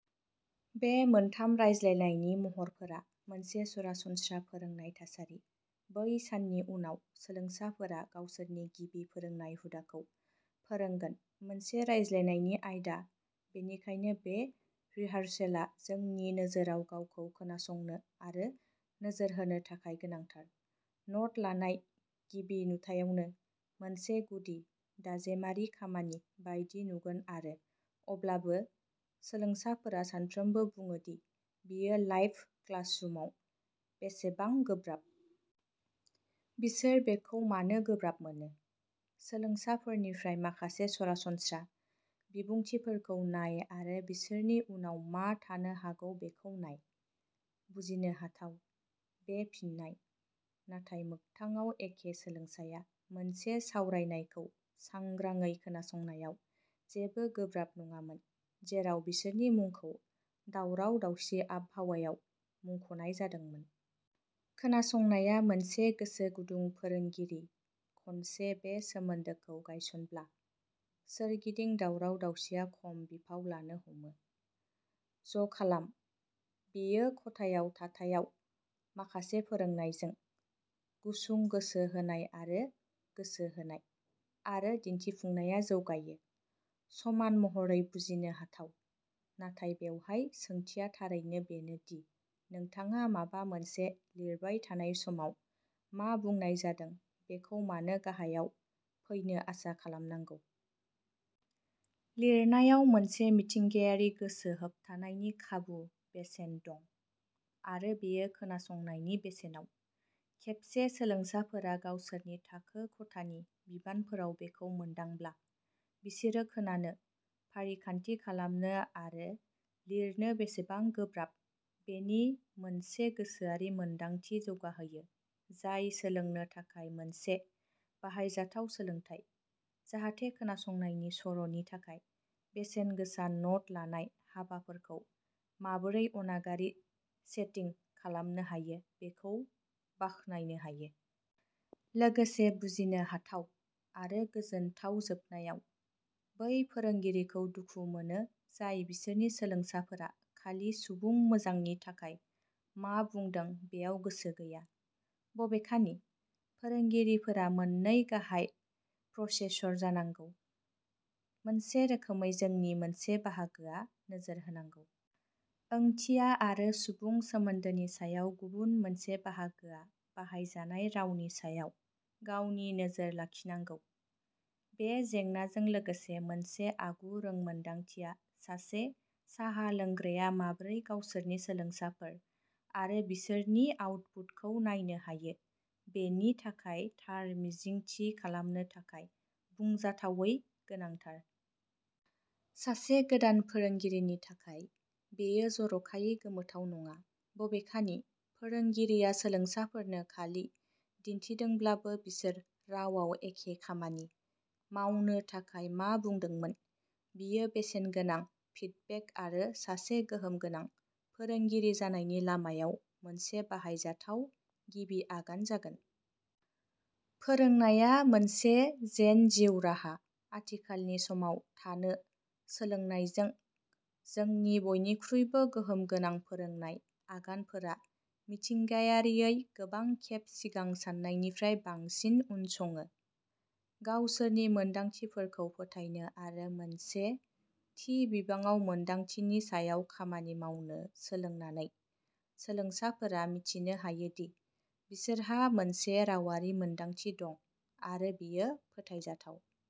बे मोनथाम रायज्लायनायनि महरफोरा मोनसे सरासनस्रा फोरोंनाय थासारि। बै साननि उनाव, सोलोंसाफोरा गावसोरनि गिबि फोरोंनाय हुदाखौ फोरोंगोन मोनसे रायज्लायनायनि आयदा बेनिखायनो बे रिहारसेलआ जोंनि नोजोराव रावखौ खोनासंनो आरो नोजोर होनो थाखाय गोनांथार। न'ट लानाय, गिबि नुथायावनो, मोनसे गुदि, दाजेमारि खामानि बायदि नुगोन आरो अब्लाबो, सोलोंसाफोरा सानफ्रोमबो बुङो दि बेयो लाइभ क्लासरुमाव बेसेबां गोब्राब। बिसोर बेखौ मानो गोब्राब मोनो? सोलोंसाफोरनिफ्राय माखासे सरासनस्रा बिबुंथिफोरखौ नाय आरो बिसोरनि उनाव मा थानो हागौ बेखौ नाय। बुजिनो हाथाव, बे फिननाय, नाथाय मोगथाङाव एखे सोलोंसाया मोनसे सावरायनायखौ सांग्राङै खोनासंनायाव जेबो गोब्राब नङामोन जेराव बिसोरनि मुंखौ दावराव दावसि आबहावायाव मुंख'नाय जादोंमोन। खोनासंनाया मोनसे गोसो गुदुं फोरोंगिरि खनसे बे सोमोन्दोखौ गायसनब्ला, सोरगिदिं दावराव दावसिया खम बिफाव लानो हमो। ज'खालाम! बेयो खथायाव थाथायाव माखासे फोरोंनायजों, गुसुं गोसो होनाय आरो गोसो होनाय, आरो दिन्थिफुंनाया जौगायो। समान महरै बुजिनो हाथाव, नाथाय बेवहाय सोंथिया थारैनो बेनो दि नोंथाङा माबा मोनसे लिरबाय थानाय समाव मा बुंनाय जादों बेखौ मानो गाहायाव फैनो आसा खालामनांगौ? लिरनायाव मोनसे मिथिंगायारि गोसो होथाबनायनि खाबु बेसेन दं, आरो बेयो खोनासंनायनि बेसेनाव। खेबसे सोलोंसाफोरा गावसोरनि थाखो खथानि बिबानफोराव बेखौ मोनदांब्ला, बिसोरो खोनानो, फारिखान्थि खालामनो आरो लिरनो बेसेबां गोब्राब बेनि मोनसे गोसोआरि मोनदांथि जौगाहोयो जाय सोलोंनो थाखाय मोनसे बाहायजाथाव सोलोंथाय, जाहाथे खोनासंनायनि सर'नि थाखाय बेसेन गोसा न'ट लानाय हाबाफोरखौ माबोरै अनागारि सेटिं खालामनो हायो बेखौ बाखनायनो हायो। लोगोसे बुजिनो हाथाव, आरो गोजोनथाव जोबनायाव, बै फोरोंगिरिखौ दुखु मोनो जाय बिसोरनि सोलोंसाफोरा खालि सुबुं मोजांनि थाखाय मा बुंदों बेयाव गोसो गैया। बबेखानि, फोरोंगिरिफोरा मोन्नै गाहाय प्रसेसर जानांगौ, मोनसे रोखोमै जोंनि मोनसे बाहागोआ नोजोर होनांगौ। ओंथिया आरो सुबुं सोमोनदोनि सायाव गुबुन मोनसे बाहागोआ बाहायजानाय रावनि सायाव गावनि नोजोर लाखिनांगौ। बे जेंनाजों लोगोसे मोनसे आगु रोंमोनदांथिया सासे साहा लोंग्राया माबोरै गावसोरनि सोलोंसाफोर आरो बिसोरनि आउटपुटखौ नायनो हायो बेनि थाखाय थार मिजिं थि खालामनो थाखाय बुंजाथावै गोनांथार। सासे गोदान फोरोंगिरिनि थाखाय, बेयो जर'खायै गोमोथाव नङा। बबेखानि, फोरोंगिरिया सोलोंसाफोरनो खालि दिन्थिदोंब्लाबो बिसोर रावआव एखे खामानि मावनो थाखाय मा बुंदोंमोन, बेयो बेसेनगोनां फिडबेक आरो सासे गोहोमगोनां फोरोंगिरि जानायनि लामायाव मोनसे बाहायजाथाव गिबि आगान जागोन। फोरोंनाया मोनसे जेन जिउ राहा आथिखालनि समाव थानो सोलोंनायजों, जोंनि बयनिख्रुइबो गोहोमगोनां फोरोंनाय आगानफोरा मिथिंगायारियै गोबां खेब सिगां सान्नायनिफ्राय बांसिन उनसङो। गावसोरनि मोनदांथिफोरखौ फोथायनो आरो मोनसे थि बिबाङाव मोनदांथिनि सायाव खामानि मावनो सोलोंनानै, सोलोंसाफोरा मिथिनो हायो दि बिसोरहा मोनसे रावारि मोनदांथि दं आरो बेयो फोथायजाथाव।